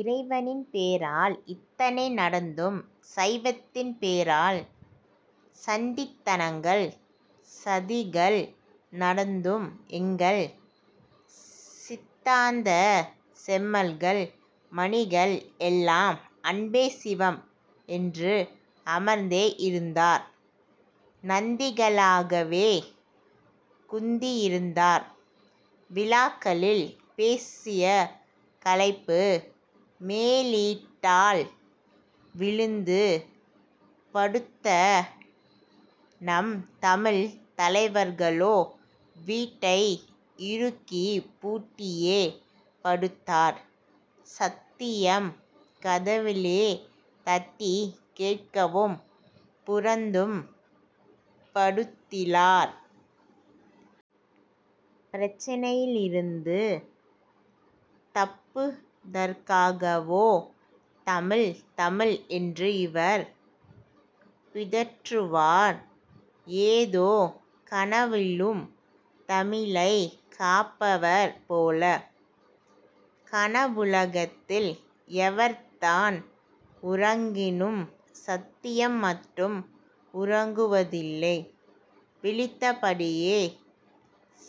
இறைவனின் பேரால் இத்தனை நடந்தும் சைவத்தின் பேரால் சண்டித்தனங்கள், சதிகள் நடந்தும் எங்கள் சித்தாந்தச் செம்மல்கள், மணிகள் எல்லாம் அன்பே சிவம் என்று அமர்ந்தே இருந்தார்; நந்திகளாகவே குந்தியிருந்தார். விழாக்களில் பேசிய களைப்பு மேலீட்டால் விழுந்து படுத்த நம் தமிழ்த் தலைவர்களோ வீட்டை இறுக்கிப் பூட்டியே படுத்தார் சத்தியம் கதவிலே தட்டிக் கேட்கவும் புரண்டும் படுத்திலார்! பிரச்சினையிலிருந்து தப்புதற்காகவோ 'தமிழ் தமிழ்' என்று இவர் பிதற்றுவார் ஏதோ கனவிலுந் தமிழைக் காப்பவர் போல. கனவுலகத்தில் எவர்தான் உறங்கினும் சத்தியம் மட்டும் உறங்குவதில்லை. விழித்தபடியே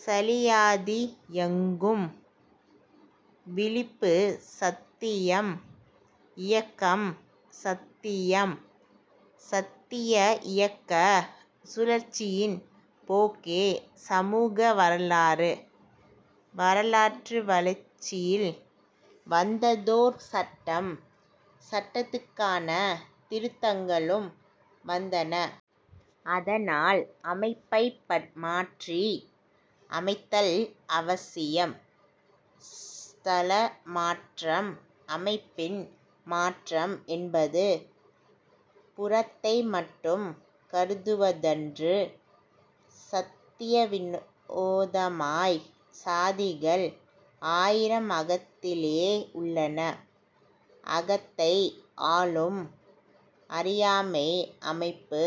சலியாதியங்கும் விழிப்பு சத்தியம் இயக்கம் சத்தியம். சத்திய இயக்கச் சுழற்சியின் போக்கே சமூக வரலாறு. வரலாற்று வளர்ச்சியில் வந்ததோர் சட்டம் சட்டத்துக்கான திருத்தங்களும் வந்தன. அதனால் அமைப்பை மாற்றி அமைத்தல் அவசியம்.. ஸ்தல மாற்றம் அமைப்பின் மாற்றம் என்பது புறத்தை மட்டும் கருதுவதன்று சத்தியவிரோதமாய் சாதிகள் ஆயிரம் அகத்திலே உள்ளன. அகத்தை ஆளும் அறியாமை அமைப்பு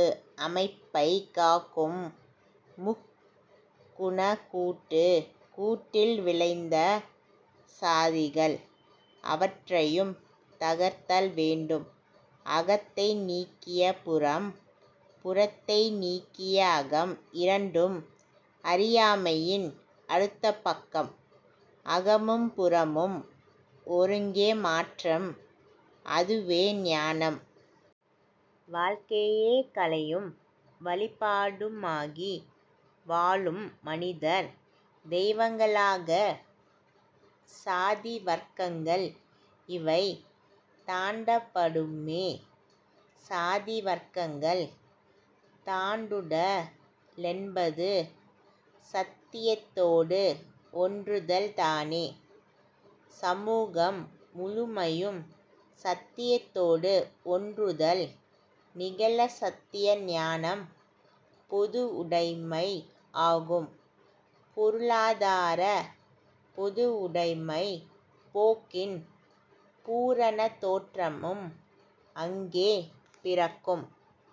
அமைப்பைக் காக்கும் முக்குணக் கூட்டு கூட்டில் விளைந்த சாதிகள். அவற்றையும் தகர்த்தல் வேண்டும் அகத்தை நீக்கிய புறம் புறத்தை நீக்கிய அகம் இரண்டும் அறியாமையின் அடுத்தபக்கம் அகமும் புறமும் ஒருங்கே மாற்றம் அதுவே ஞானம். வாழ்க்கையே கலையும் வழிபாடுமாகி வாழும் மனிதர் தெய்வங்களாக சாதி வர்க்கங்கள் இவை தாண்டப்படுமே சாதி வர்க்கங்கள் தாண்டுத லென்பது சத்தியத்தோடு ஒன்றுதல்தானே. சமூகம் முழுமையும் சத்தியத்தோடு ஒன்றுதல் நிகழசத்திய ஞானம் பொது உடைமை ஆகும்; பொருளாதாரப் பொதுவுடமைப் போக்கின் பூரணத் தோற்றமும் அங்கே பிறக்கும்.